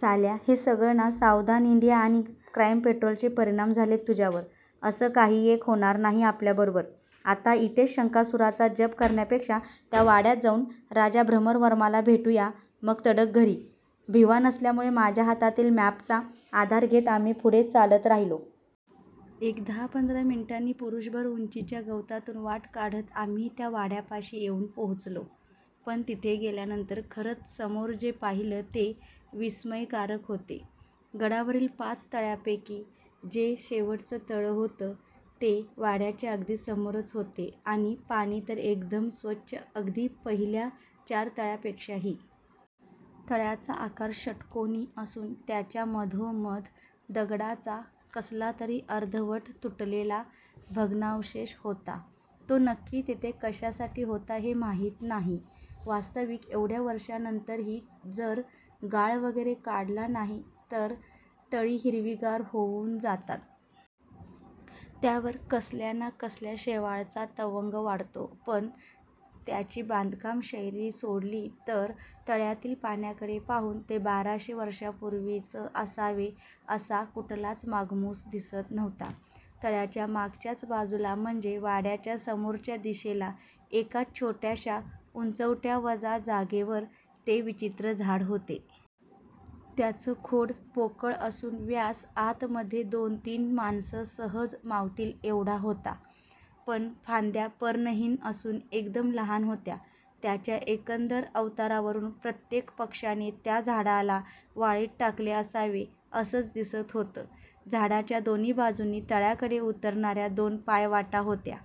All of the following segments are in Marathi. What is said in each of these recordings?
साल्या हे सगळं ना सावधान इंडिया आणि क्राईम पेट्रोलचे परिणाम झालेत तुझ्यावर. असलं काही एक होणार नाही आपल्याबरोबर आता इथेच शंकासुराचा जप करण्यापेक्षा त्या वाड्यात जाऊन राजा भ्रमरवर्माला भेटूया मग तडक घरी. भिवा नसल्यामुळे माझ्या हातातील मॅपचा आधार घेत आम्ही पुढे चालत राहिलो. एक दहा पंधरा मिनिटांनी पुरुषभर उंचीच्या गवतातून वाट काढत आम्ही त्या वाड्यापाशी येऊन पोहोचलो. पण तिथे गेल्यानंतर खरंच समोर जे पाहिले ते विस्मयकारक होते. गडावरील पाच तळ्यांपैकी जे शेवटचं तळं होतं ते वाड्याच्या अगदी समोरच होते आणि पाणी तर एकदम स्वच्छ अगदी पहिल्या चार तळ्यांपेक्षाही. तळ्याचा आकार षटकोणी असून त्याच्या मधोमध दगडाचा कसलातरी अर्धवट तुटलेला भग्नावशेष होता तो नक्की तिथे कशासाठी होता हे माहीत नाही. वास्तविक एवढ्या वर्षांनंतरही जर गाळ वगैरे काढला नाही तर तळी हिरवीगार होऊन जातात. त्यावर कसल्या ना कसल्या शेवाळंचा तवंग वाढतो. पण त्याची बांधकाम शैली सोडली तर तळ्यातील पाण्याकडे पाहून ते बाराशे वर्षांपूर्वीच असावे असा कुठलाच मागमूस दिसत नव्हता. तळ्याच्या मागच्याच बाजूला म्हणजे वाड्याच्या समोरच्या दिशेला एका छोट्याशा उंचवट्यावजा जागेवर ते विचित्र झाड होतं. त्याचं खोड पोकळ असून व्यास आतमध्ये दोनतीन माणसं सहज मावतील एवढा होता. पण फांद्या पर्णहीन असून एकदम लहान होत्या. त्याच्या एकंदर अवतारावरून प्रत्येक पक्षाने त्या झाडाला वाळीत टाकले असावे असंच दिसत होतं. झाडाच्या दोन्ही बाजूंनी तळ्याकडे उतरणाऱ्या दोन पायवाटा होत्या.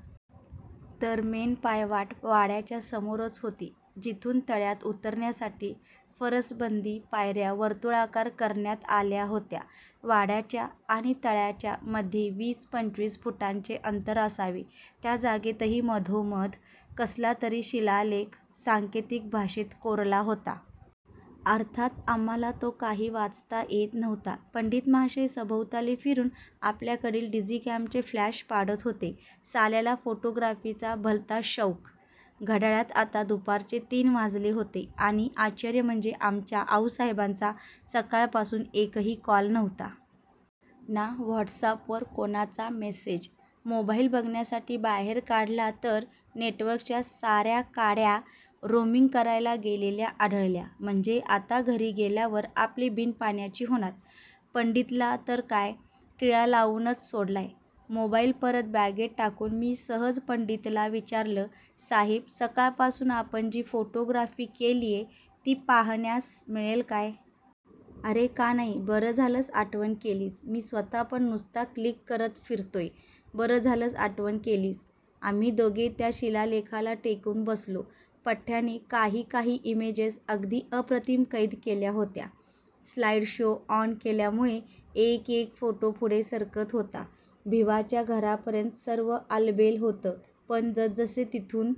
तर मेन पायवाट वाड्याच्या समोरच होती. जिथून तळ्यात उतरण्यासाठी फरसबंदी पायऱ्या वर्तुळाकार करण्यात आल्या होत्या. वाड्याच्या आणि तळ्याच्या मध्ये वीस पंचवीस फुटांचे अंतर असावे त्या जागेतही मधोमध कसला तरी शिलालेख सांकेतिक भाषेत कोरला होता. अर्थात आम्हाला तो काही वाचता येत नव्हता. पंडित महाशय सभोवताली फिरून आपल्याकडील डिजिकॅमचे फ्लॅश पाडत होते. साल्याला फोटोग्राफीचा भलता शौक घड्याळात आता दुपारचे तीन वाजले होते. आणि आश्चर्य म्हणजे आमच्या आऊ साहेबांचा सकाळपासून एकही कॉल नव्हता. ना व्हॉट्सअॅपवर कुणाचा मेसेज मोबाईल बघण्यासाठी बाहेर काढला तर नेटवर्कच्या साऱ्या काड्या रोमिंग करायला गेलेल्या आढळल्या. म्हणजे आता घरी गेल्यावर आपली बिन पाण्याची होणार. पंडितला तर काय टिळा लावूनच सोडलाय. मोबाईल परत बॅगेत टाकून मी सहज पंडितला विचारलं साहेब सकाळपासून आपण जी फोटोग्राफी केलीय ती पाहण्यास मिळेल काय. अरे का नाही. बरं झालंस आठवण केलीस मी स्वतःपण नुसता क्लिक करत फिरतोय. बरं झालंस आठवण केलीस. आम्ही दोघे त्या शिलालेखाला टेकून बसलो. पठ्याने काही काही इमेजेस अगदी अप्रतिम कैद केल्या होत्या. स्लाईड शो ऑन केल्यामुळे एक एक फोटो पुढे सरकत होता. भिवाच्या घरापर्यंत सर्व आलबेल होतं पण जसजसे तिथून